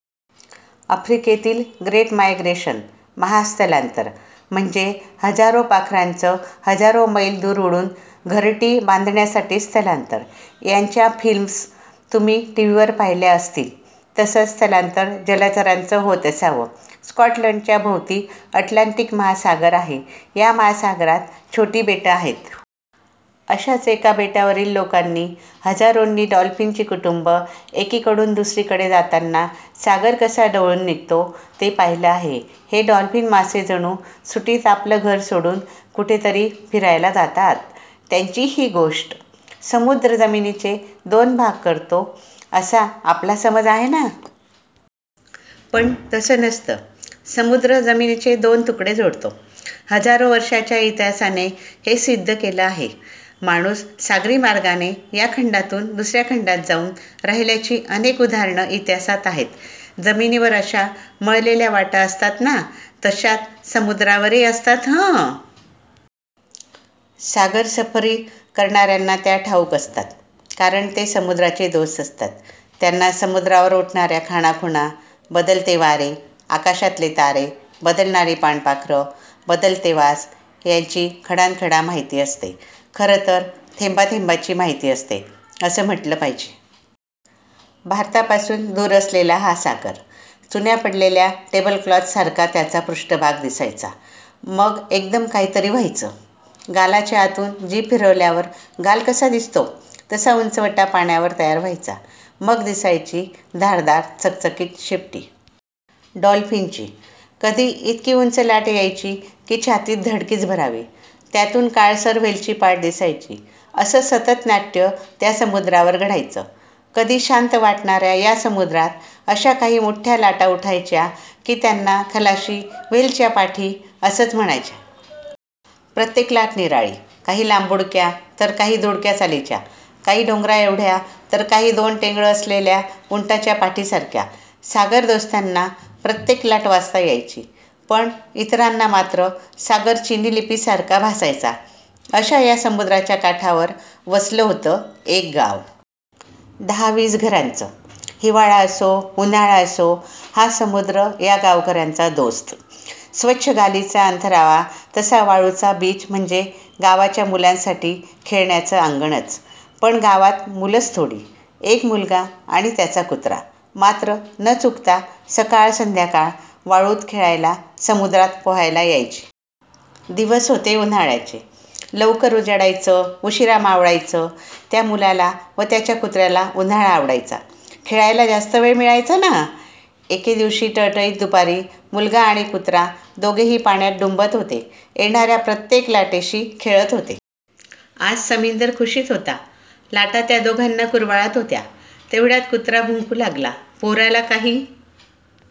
आफ्रिकेतील 'great migration' महास्थलांतर म्हणजे हजारो पाखरांचं हजारो मैल दूर ऊडून घरटी बांधण्यासाठी स्थलांतर. याच्या फिल्म्स तुम्ही टी. व्ही. वर पहिल्या असतील. तसच स्थलांतर जलचरांचं होत असावं. स्कॉटलंडच्या भोवती अॅटलांटिक महासागर आहे. या महासागरात छोटी बेटं आहेत. अशाच एका बेटावरील लोकांनी हजारोनी डॉल्फिनची कुटूंबं एकी कडून दुसरीकडे जाताना सागर कसा ढवळून निघतो ते पाहिल आहे. हे डॉल्फिन मासे जणू सुट्टीत आपलं घर सोडून कुठेतरी फिरायला जातात! त्याचीच ही गोष्ट!! समुद्र जमिनीचे दोन भाग करतो, असा आपला समाज आहे ना! पण तसं नसतं. समुद्र जमिनीचे दोन तुकडे जोडतो! हजारो वर्षाच्या इतिहासानं हे सिद्ध केलं आहे. माणूस सागरी मार्गानं या खंडातून दुसर्या खंडात जाऊन राहिल्याची अनेक उदाहरणं इतिहासात आहेत. जमिनीवर जशा मळलेल्या वाटा असतात ना, तशाच समुद्रावरही असतात हं! सागर सफरी करणार्याना त्या ठाऊक असतात. कारण ते समुद्राचे दोस्त असतात. त्यांना समुद्रावर उठणार्या खाणाखुणा, बदलते वारे, आकाशातले तारे, बदलणारी पाणपाखरं, बदलते वास याची खडानख़डा माहिती असते. खरंतर थेंबाथेंबाची माहिती असते, असं म्हटलं पाहिजे. भारतापासून दूर असलेला हा सागर... चुण्या पडलेल्या टेबलक्लॉथ सारखा त्याचा पृष्ठभाग दिसायचा... मग एकदम कहीतरी व्हायचं... गालाच्या आतून जीभ फिरवल्यावर गाल कसा दिसतो, तसा उंचवटा पाण्यावर तयार व्हायचा. मग दिसायची धारदार चकचकीत शेपटी. डॉल्फिनची. कधी इतकी उंच लाट यायची की छातीत धडकीच भरावी. त्यातून काळसर व्हेलची पाठ दिसायची. असं सतत नाट्य त्या समुद्रावर घडायचं. कधी शांत वाटणार्या या समुद्रात अशा काही मोठ्ठ्या लाटा उठायच्या, की त्याना खलाशी व्हेलच्या पाठी असच म्हणायचे. प्रत्त्येक लाट निराळी. काही लांबुडक्या, तर काही दुडक्या चालीच्या. काही डोंगराएवढ्या तर काही दोन टेंगळं असलेल्या उंटाच्या पाठीसारख्या. सागरदोस्ताना प्रत्त्येक लाट वाचता यायची. पण इतरांना मात्र सागर चिनी लिपीसारखा भासायचा. अशा या समुद्राच्या काठवर वसलं होतं एक गाव. दहा-वीस घरांचं. हिवाळा असो, उन्हाळा असो, हा समुद्र या गावकर्यांचा दोस्त. स्वच्छ गालिचा अंथरावा तसा वाळूचा बिच म्हणजे गावच्या मुलांसाठी खेळण्याचं आंगणच. पण गावात मुलच थोडी. एक मुलगा आणि त्याचा कुत्रा मात्र न चुकता सकाळ-संध्याकाळ वाळूत खेळायला, समुद्रात पोहायला यायचे. दिवस होते उन्हाळ्याचे. लवकर उजाडायचं. उशीरा मावळायचं. त्या मुलाला व त्याच्या कुत्र्याला उन्हाळा आवडायचा. खेळायला जास्त वेळ मिळायचा ना! एक दिवशी टळटळीत दुपारी मुलगा आणि कुत्रा दोघेही पाण्यात डुंबत होते. येणार्या प्रत्त्येक लाटेशी खेळत होते. आज समिंदर खुशीत होता. लाटा त्या दोघाना कुरवाळत होत्या. तेवढ्यात कुत्रा भुंकू लागला. पोराला काही